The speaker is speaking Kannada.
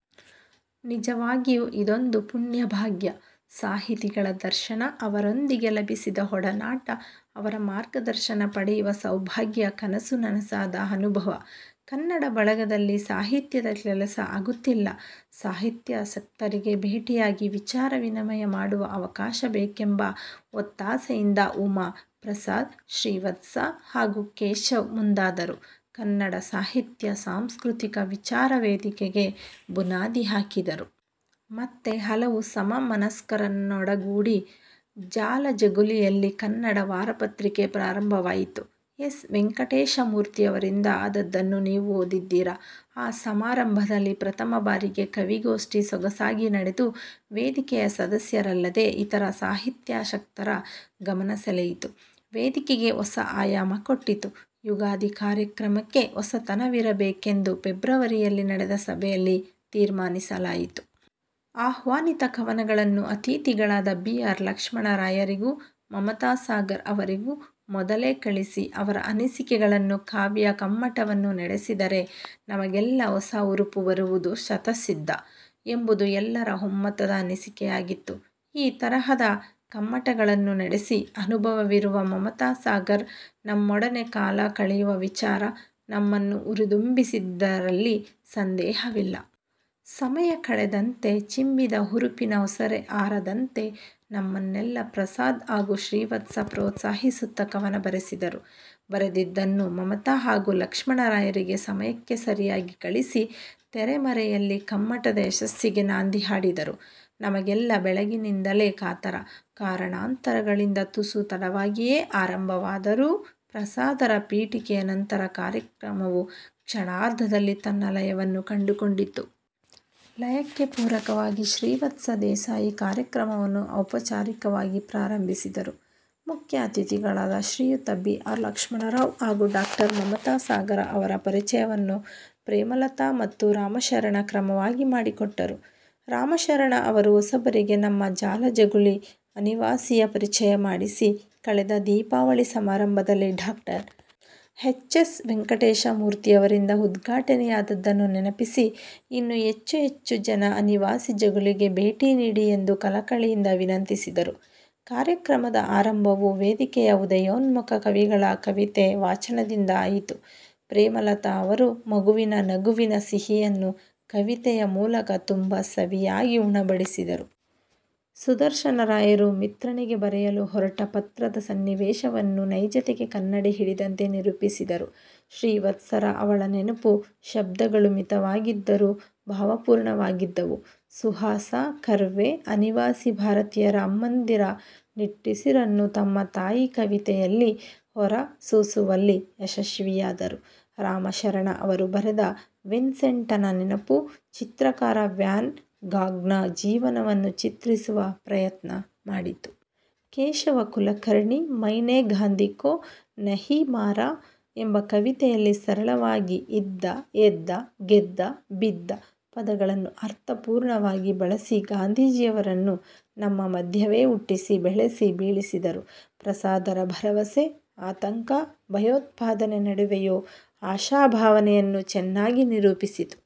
ನಿಜವಾಗಿಯೂ ಇದೊಂದು ಪುಣ್ಯ, ಭಾಗ್ಯ. ಸಾಹಿತಿಗಳ ದರ್ಶನ, ಅವರೊಂದಿಗೆ ಲಭಿಸಿದ ಒಡನಾಟ, ಅವರ ಮಾರ್ಗದರ್ಶನ ಪಡೆಯುವ ಸೌಭಾಗ್ಯ ಕನಸು ನನಸಾದ ಅನುಭವ. ಕನ್ನಡ ಬಳಗದಲ್ಲಿ ಸಾಹಿತ್ಯದ ಕೆಲಸ ಆಗುತ್ತಿಲ್ಲ, ಸಾಹಿತ್ಯಾಸಕ್ತರಿಗೆ ಭೇಟಿಯಾಗಿ, ವಿಚಾರ ವಿನಿಮಯ ಮಾಡುವ ಅವಕಾಶ ಬೇಕೆಂಬ ಒತ್ತಾಸೆಯಿಂದ ಉಮಾ, ಪ್ರಸಾದ್, ಶ್ರೀವತ್ಸ ಹಾಗೂ ಕೇಶವ್ ಮುಂದಾದರು; ಕನ್ನಡ ಸಾಹಿತ್ಯ, ಸಾಂಸ್ಕೃತಿಕ, ವಿಚಾರ ವೇದಿಕೆಗೆ ಬುನಾದಿ ಹಾಕಿದರು. ಮತ್ತೆ ಹಲವು ಸಮ ಮನಸ್ಕರನ್ನೊಡಗೂಡಿ ಜಾಲಜಗುಲಿಯಲ್ಲಿ ಕನ್ನಡ ವಾರಪತ್ರಿಕೆ ಪ್ರಾರಂಭವಾಯಿತು. ಎಸ್. ವೆಂಕಟೇಶಮೂರ್ತಿಯವರಿಂದ ಆದದ್ದನ್ನು ನೀವು ಓದಿದ್ದೀರ. ಆ ಸಮಾರಂಭದಲ್ಲಿ ಪ್ರಥಮ ಬಾರಿಗೆ ಕವಿ ಗೋಷ್ಠಿ ಸೊಗಸಾಗಿ ನಡೆದು, ವೇದಿಕೆಯ ಸದಸ್ಯರಲ್ಲದೇ, ಇತರ ಸಾಹಿತ್ಯಾಸಕ್ತರ ಗಮನ ಸೆಳೆಯಿತು; ವೇದಿಕೆಗೆ ಹೊಸ ಆಯಾಮ ಕೊಟ್ಟಿತು. ಯುಗಾದಿ ಕಾರ್ಯಕ್ರಮಕ್ಕೆ ಹೊಸತನವಿರಬೇಕೆಂದು ಫೆಬ್ರವರಿಯಲ್ಲಿ ನಡೆದ ಸಭೆಯಲ್ಲಿ ತೀರ್ಮಾನಿಸಲಾಯಿತು. ಆಹ್ವಾನಿತ ಕವನಗಳನ್ನು ಅತಿಥಿಗಳಾದ ಬಿ. ಆರ್. ಲಕ್ಷ್ಮಣರಾಯರಿಗೂ, ಮಮತಾ ಸಾಗರ್ ಅವರಿಗೂ ಮೊದಲೇ ಕಳಿಸಿ, ಅವರ ಅನಿಸಿಕೆಗಳನ್ನೂ, ಕಾವ್ಯ ಕಮ್ಮಟವನ್ನೂ ನಡೆಸಿದರೆ, ನಮಗೆಲ್ಲ ಹೊಸ ಹುರುಪು ಬರುವುದು ಶತಃಸಿದ್ಧ ಎಂಬುದು ಎಲ್ಲರ ಒಮ್ಮತದ ಅನಿಸಿಕೆಯಾಗಿತ್ತು. ಈ ತರಹದ ಕಮ್ಮಟಗಳನ್ನು ನಡೆಸಿ ಅನುಭವವಿರುವ ಮಮತಾ ಸಾಗರ್ ನಮ್ಮೊಡನೆ ಕಾಲ ಕಳೆಯುವ ವಿಚಾರ ನಮ್ಮನ್ನು ಹುರಿದುಂಬಿಸಿದ್ದರಲ್ಲಿ ಸಂದೇಹವಿಲ್ಲ. ಸಮಯ ಕಳೆದಂತೆ, ಚಿಮ್ಮಿದ ಹುರುಪಿನ ಒಸರೆ ಆರದಂತೆ ನಮ್ಮನ್ನೆಲ್ಲ ಪ್ರಸಾದ್ ಹಾಗೂ ಶ್ರೀವತ್ಸ ಪ್ರೋತ್ಸಾಹಿಸುತ್ತ ಕವನ ಬರೆಸಿದರು. ಬರೆದಿದ್ದನ್ನು ಮಮತಾ ಹಾಗೂ ಲಕ್ಷ್ಮಣರಾಯರಿಗೆ ಸಮಯಕ್ಕೆ ಸರಿಯಾಗಿ ಕಳಿಸಿ, ತೆರೆಮರೆಯಲ್ಲಿ ಕಮ್ಮಟದ ಯಶಸ್ಸಿಗೆ ನಾಂದಿ ಹಾಡಿದರು. ನಮಗೆಲ್ಲ ಬೆಳಗಿನಿಂದಲೇ ಕಾತರ. ಕಾರಣಾಂತರಗಳಿಂದ ತುಸು ತಡವಾಗಿಯೇ ಆರಂಭವಾದರೂ, ಪ್ರಸಾದರ ಪೀಠಿಕೆಯ ನಂತರ ಕಾರ್ಯಕ್ರಮವು ಕ್ಷಣಾರ್ಧದಲ್ಲಿ ತನ್ನ ಲಯವನ್ನು ಕಂಡುಕೊಂಡಿತು. ಲಯಕ್ಕೆ ಪೂರಕವಾಗಿ ಶ್ರೀವತ್ಸ ದೇಸಾಯಿ ಕಾರ್ಯಕ್ರಮವನ್ನು ಔಪಚಾರಿಕವಾಗಿ ಪ್ರಾರಂಭಿಸಿದರು. ಮುಖ್ಯ ಅತಿಥಿಗಳಾದ ಶ್ರೀಯುತ ಬಿ. ಆರ್. ಲಕ್ಷ್ಮಣರಾವ್ ಹಾಗೂ ಡಾ. ಮಮತಾ ಸಾಗರ ಅವರ ಪರಿಚಯವನ್ನು ಪ್ರೇಮಲತಾ ಮತ್ತು ರಾಮಶರಣ ಕ್ರಮವಾಗಿ ಮಾಡಿಕೊಟ್ಟರು. ರಾಮಶರಣ ಅವರು ಹೊಸಬರಿಗೆ ನಮ್ಮ ಜಾಲಜಗುಲಿ "ಅನಿವಾಸಿ"ಯ ಪರಿಚಯ ಮಾಡಿಸಿ ಕಳೆದ ದೀಪಾವಳಿ ಸಮಾರಂಭದಲ್ಲಿ ಡಾ. ಹೆಚ್ ಎಸ್ ವೆಂಕಟೇಶ ಮೂರ್ತಿಯವರಿಂದ ಉದ್ಘಾಟನೆಯಾದದ್ದನ್ನು ನೆನಪಿಸಿ, ಇನ್ನೂ ಹೆಚ್ಚು ಹೆಚ್ಚು ಜನ "ಅನಿವಾಸಿ" ಜಗುಲಿಗೆ ಭೇಟಿ ನೀಡಿ ಎಂದು ಕಳಕಳಿಯಿಂದ ವಿನಂತಿಸಿದರು. ಕಾರ್ಯಕ್ರಮದ ಆರಂಭವು ವೇದಿಕೆಯ ಉದಯೋನ್ಮುಖ ಕವಿಗಳ ಕವಿತೆ ವಾಚನದಿಂದ ಆಯಿತು. ಪ್ರೇಮಲತಾ ಅವರು ಮಗುವಿನ ನಗುವಿನ ಸಿಹಿಯನ್ನು ಕವಿತೆಯ ಮೂಲಕ ತುಂಬಾ ಸವಿಯಾಗಿ ಉಣಬಡಿಸಿದರು. ಸುದರ್ಶನರಾಯರು ಮಿತ್ರನಿಗೆ ಬರೆಯಲು ಹೊರಟ ಪತ್ರದ ಸನ್ನಿವೇಶವನ್ನು ನೈಜತೆಗೆ ಕನ್ನಡಿ ಹಿಡಿದಂತೆ ನಿರೂಪಿಸಿದರು. ಶ್ರೀವತ್ಸರ 'ಅವಳ ನೆನಪು', ಶಬ್ದಗಳು ಮಿತವಾಗಿದ್ದರೂ ಭಾವಪೂರ್ಣವಾಗಿದ್ದವು. ಸುಹಾಸ ಕರ್ವೆ ಅನಿವಾಸಿ ಭಾರತೀಯರ ಅಮ್ಮಂದಿರ ನಿಟ್ಟುಸಿರನ್ನು ತಮ್ಮ 'ತಾಯಿ' ಕವಿತೆಯಲ್ಲಿ ಹೊರಸೂಸುವಲ್ಲಿ ಯಶಸ್ವಿಯಾದರು. ರಾಮಶರಣ ಅವರು ಬರೆದ 'ವಿನ್ಸೆಂಟನ ನೆನಪು' ಚಿತ್ರಕಾರ ವ್ಯಾನ್ ಗಾಘ್ ನ ಜೀವನವನ್ನು ಚಿತ್ರಿಸುವ ಪ್ರಯತ್ನ ಮಾಡಿತು. ಕೇಶವ ಕುಲಕರ್ಣಿ 'ಮೈನೆ ಗಾಂಧಿ ಕೊ ನಹೀ ಮಾರಾ' ಎಂಬ ಕವಿತೆಯಲ್ಲಿ ಸರಳವಾಗಿ 'ಇದ್ದ, ಎದ್ದ, ಗೆದ್ದ, ಬಿದ್ದ' ಪದಗಳನ್ನು ಅರ್ಥಪೂರ್ಣವಾಗಿ ಬಳಸಿ, ಗಾಂಧೀಜಿಯವರನ್ನು ನಮ್ಮ ಮಧ್ಯವೇ ಹುಟ್ಟಿಸಿ, ಬೆಳೆಸಿ, ಬೀಳಿಸಿದರು. ಪ್ರಸಾದರ 'ಭರವಸೆ' – ಆತಂಕ, ಭಯೋತ್ಪಾದನೆ ನಡುವೆಯೂ ಆಶಾಭಾವನೆಯನ್ನು ಚೆನ್ನಾಗಿ ನಿರೂಪಿಸಿತು.